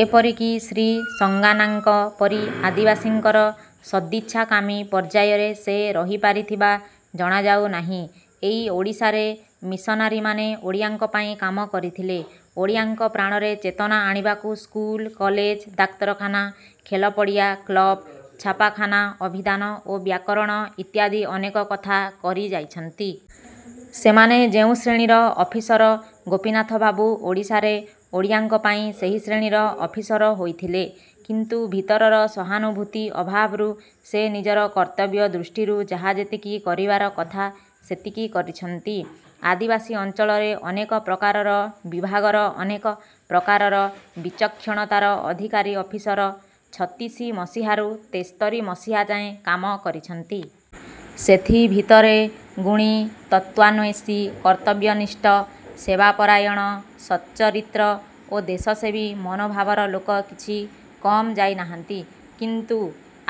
ଏପରିକି ଶ୍ରୀ ସାଙ୍ଗାନ୍ନାଙ୍କ ପରି ଆଦିବାସୀଙ୍କର ସଦିଚ୍ଛାକାମୀ ପର୍ଯ୍ୟାୟରେ ସେ ରହିପାରିଥିବା ଜଣାଯାଉ ନାହିଁ। ଏଇ ଓଡ଼ିଶାରେ ମିସନାରୀମାନେ ଓଡ଼ିଆଙ୍କ ପାଇଁ କାମ କରିଥିଲେ। ଓଡ଼ିଆଙ୍କ ପ୍ରାଣରେ ଚେତନା ଆଣିବାକୁ ସ୍କୁଲ, କଲେଜ, ଡାକ୍ତରଖାନା, ଖେଳପଡ଼ିଆ, କ୍ଳବ୍, ଛାପାଖାନା, ଅଭିଧାନ ଓ ବ୍ୟାକରଣ ଇତ୍ୟାଦି ଅନେକ କଥା କରିଯାଇଛନ୍ତି। ସେମାନେ ଯେଉଁ ଶ୍ରେଣୀର ଅଫିସର ଗୋପୀନାଥ ବାବୁ ଓଡ଼ିଶାରେ ଓଡ଼ିଆଙ୍କ ପାଇଁ ସେହି ଶ୍ରେଣୀର ଅଫିସର ହୋଇଥିଲେ। କିନ୍ତୁ ଭିତରର ସହାନୁଭୂତି ଅଭାବରୁ ସେ ନିଜର କର୍ତ୍ତବ୍ୟ ଦୃଷ୍ଟିରୁ ଯାହା ଯେତିକି କରିବାର କଥା ସେତିକି କରିଛନ୍ତି। ଆଦିବାସୀ ଅଞ୍ଚଳରେ ଅନେକ ପ୍ରକାରର ବିଭାଗର ଅନେକ ପ୍ରକାରର ବିଚକ୍ଷଣତାର ଅଧିକାରୀ ଅଫିସର ଛତିଶି ମସିହାରୁ ତେସ୍ତରୀ ମସିହା ଯାଏ କାମ କରିଛନ୍ତି। ସେଥି ଭିତରେ ଗୁଣୀ, ତତ୍ତ୍ୱାନ୍ୱେଷୀ, କର୍ତ୍ତବ୍ୟନିଷ୍ଠ, ସେବା-ପରାୟଣ, ସଚ୍ଚରିତ୍ର ଓ ଦେଶ-ସେବୀ ମନୋଭାବର ଲୋକ କିଛି କମ୍ ଯାଇନାହାନ୍ତି। କିନ୍ତୁ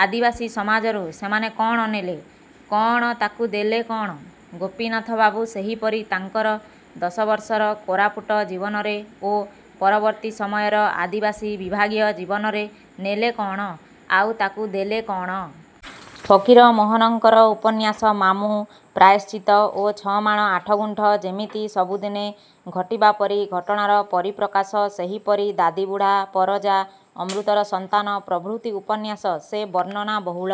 ଆଦିବାସୀ ସମାଜରୁ ସେମାନେ ନେଲେ କ'ଣ-ଆଉ ତାକୁ ଦେଲେ କ'ଣ? ଗୋପୀନାଥବାବୁ ସେହିପରି ତାଙ୍କର ଦଶବର୍ଷର କୋରାପୁଟ ଜୀବନରେ ଓ ପରବର୍ତ୍ତୀ ସମୟର ଆଦିବାସୀ ବିଭାଗୀୟ ଜୀବନରେ ନେଲେ କ'ଣ-ଆଉ ତା'କୁ ଦେଲେ କ'ଣ? ଫକୀର ମୋହନଙ୍କର ଉପନ୍ୟାସ ମାମୁଁ, ପ୍ରାୟଶ୍ଚିତ ଓ ଛ'ମାଣ ଆଠଗୁଣ୍ଠ ଯେମିତି ସବୁ ଦିନେ ଘଟିବା ପରି ଘଟଣାର ପରିପ୍ରକାଶ ସେହିପରି ଦାଦିବୁଢ଼ା, ପରଜା, ଅମୃତର ସନ୍ତାନ ପ୍ରଭୃତି ଉପନ୍ୟାସ ସେ ବର୍ଣ୍ଣନାବହୁଳ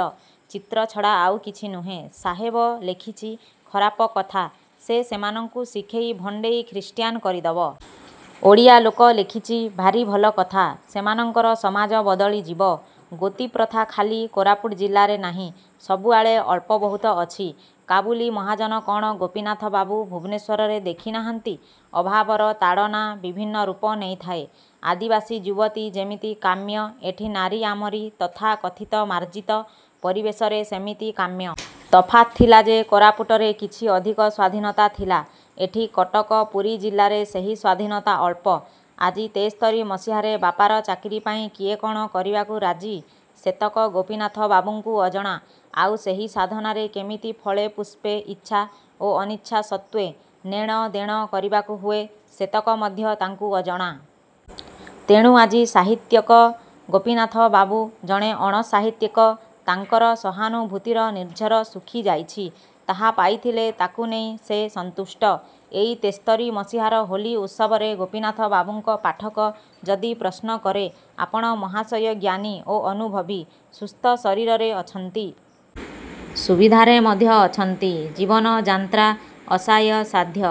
ଚିତ୍ର ଛଡ଼ା ଆଉ କିଛି ନୁହେଁ। ସେହେବ ଲେଖିଛି-ଖରାପ କଥା। ସେ ସେମାନଙ୍କୁ ଶିଖେଇ ଭଣ୍ଡେଇ ଖ୍ରୀଷ୍ଟିଆନ କରିଦବ। ଓଡ଼ିଆ ଲୋକ ଲେଖିଛି-ଭାରି ଭଲ କଥା। ସେମାନଙ୍କର ସମାଜ ବଦଳିଯିବ। ଗୋତି ପ୍ରଥା ଖାଲି କୋରାପୁଟ ଜିଲ୍ଲାରେ ନାହିଁ। ସବୁଆଡ଼େ ଅଳ୍ପ ବହୁତ ଅଛି। କାବୁଲୀ ମହାଜନ କ'ଣ ଗୋନୀନାଥବାବୁ ଭୁବନେଶ୍ୱରରେ ଦେଖି ନାହାନ୍ତି? ଅଭାବର ତାଡ଼ନା ବିଭିନ୍ନ ରୂପ ନେଇଥାଏ। ଆଦିବାସୀ ଯୁବତୀ ଯେମିତି କାମ୍ୟ ଏଠି ନାରୀ ଆମରି ତଥାକଥିତ ମାର୍ଜିତ ପରିବେଶରେ ସେମିତି କାମ୍ୟ। ତଫାତ୍ ଥିଲା ଯେ କୋରାପୁଟରେ କିଛି ଅଧିକ ସ୍ୱାଧୀନତା ଥିଲା। ଏଠି କଟକ ପୁରୀ ଜିଲ୍ଲାରେ ସେହି ସ୍ୱାଧୀନତା ଅଳ୍ପ। ଆଜି ତେସ୍ତରୀ ମସିହାରେ ବାପାର ଚାକିରି ପାଇଁ କିଏ କ'ଣ କରିବାକୁ ରାଜି ସେତକ ଗୋପୀନାଥ ବାବୁଙ୍କୁ ଅଜଣା। ଆଉ ସେହି ସାଧନାରେ କେମିତି ଫଳେ ପୁଷ୍ପେ ଇଚ୍ଛା ଓ ଅନିଚ୍ଛା ସତ୍ତ୍ୱେ ନେଣ ଦେଣ କରିବାକୁ ହୁଏ ସେତକ ମଧ୍ୟ ତାଙ୍କୁ ଅଜଣା। ତେଣୁ ଆଜି ସାହିତ୍ୟିକ ଗୋପୀନାଥବାବୁ ଜଣେ ଅଣ-ସାହିତ୍ୟିକ। ତାଙ୍କର ସହାନୁଭୂତିର ନିର୍ଝର ଶୁଖିଯାଇଛି। ଯାହା ପାଇଥିଲେ ତା'କୁ ନେଇ ସେ ସନ୍ତୁଷ୍ଟ। ଏଇ ତେସ୍ତରୀ ମସିହାର ହୋଲି ଉତ୍ସବରେ ଗୋପୀନାଥବାବୁଙ୍କ ପାଠକ ଯଦି ପ୍ରଶ୍ନ କରେ-ଆପଣ ମହାଶୟ ଜ୍ଞାନୀ ଓ ଅନୁଭବୀ। ସୁସ୍ଥ ଶରୀରରେ ଅଛନ୍ତି। ସୁବିଧାରେ ମଧ୍ୟ ଅଛନ୍ତି। ଜୀବନଯାନ୍ତ୍ରା ଆୟାସସାଧ୍ୟ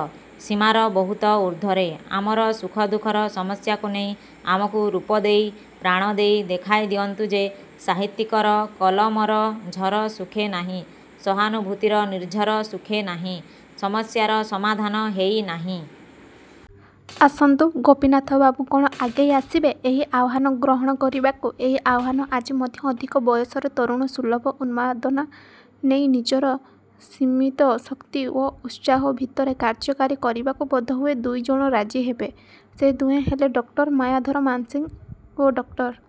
ସୀମାର ବହୁତ ଊର୍ଦ୍ଧ୍ୱରେ। ଆମର ସୁଖଦୁଃଖର ସମସ୍ୟାକୁ ନେଇ ଆମକୁ ରୂପ ଦେଇ, ପ୍ରାଣ ଦେଇ ଦେଖାଇ ଦିଅନ୍ତୁ ଯେ ସାହିତ୍ୟିକର କଲମର ଝର ଶୁଖେ ନାହିଁ! ସହାନୁଭୂତିର ନିର୍ଝର ଶୁଖେ ନାହିଁ। ସମସ୍ୟାର ସମାଧାନ ହେଇ ନାହିଁ। ଆସନ୍ତୁ- ଗୋପୀନାଥବାବୁ କ'ଣ ଆଗେଇ ଆସିବେ ଏହି ଆହ୍ୱାନ ଗ୍ରହଣ କରିବାକୁ? ଏହି ଆହ୍ୱାନ ଆଜି ମଧ୍ୟ ଅଧିକ ବୟସରେ ତରୁଣ ସୁଲଭ ଉନ୍ମାଦନା ନେଇ ନିଜର ସୀମିତ ଶକ୍ତି ଓ ଉତ୍ସାହ ଭିତରେ କାର୍ଯ୍ୟକାରୀ କରିବାକୁ ବୋଧହୁଏ ଦୁଇଜଣ ରାଜି ହେବେ-ସେ ଦୁହେଁ ହେଲେ ଡକ୍ଟର ମାୟାଧର ମାନସିଂହ ଓ ଡକ୍ଟର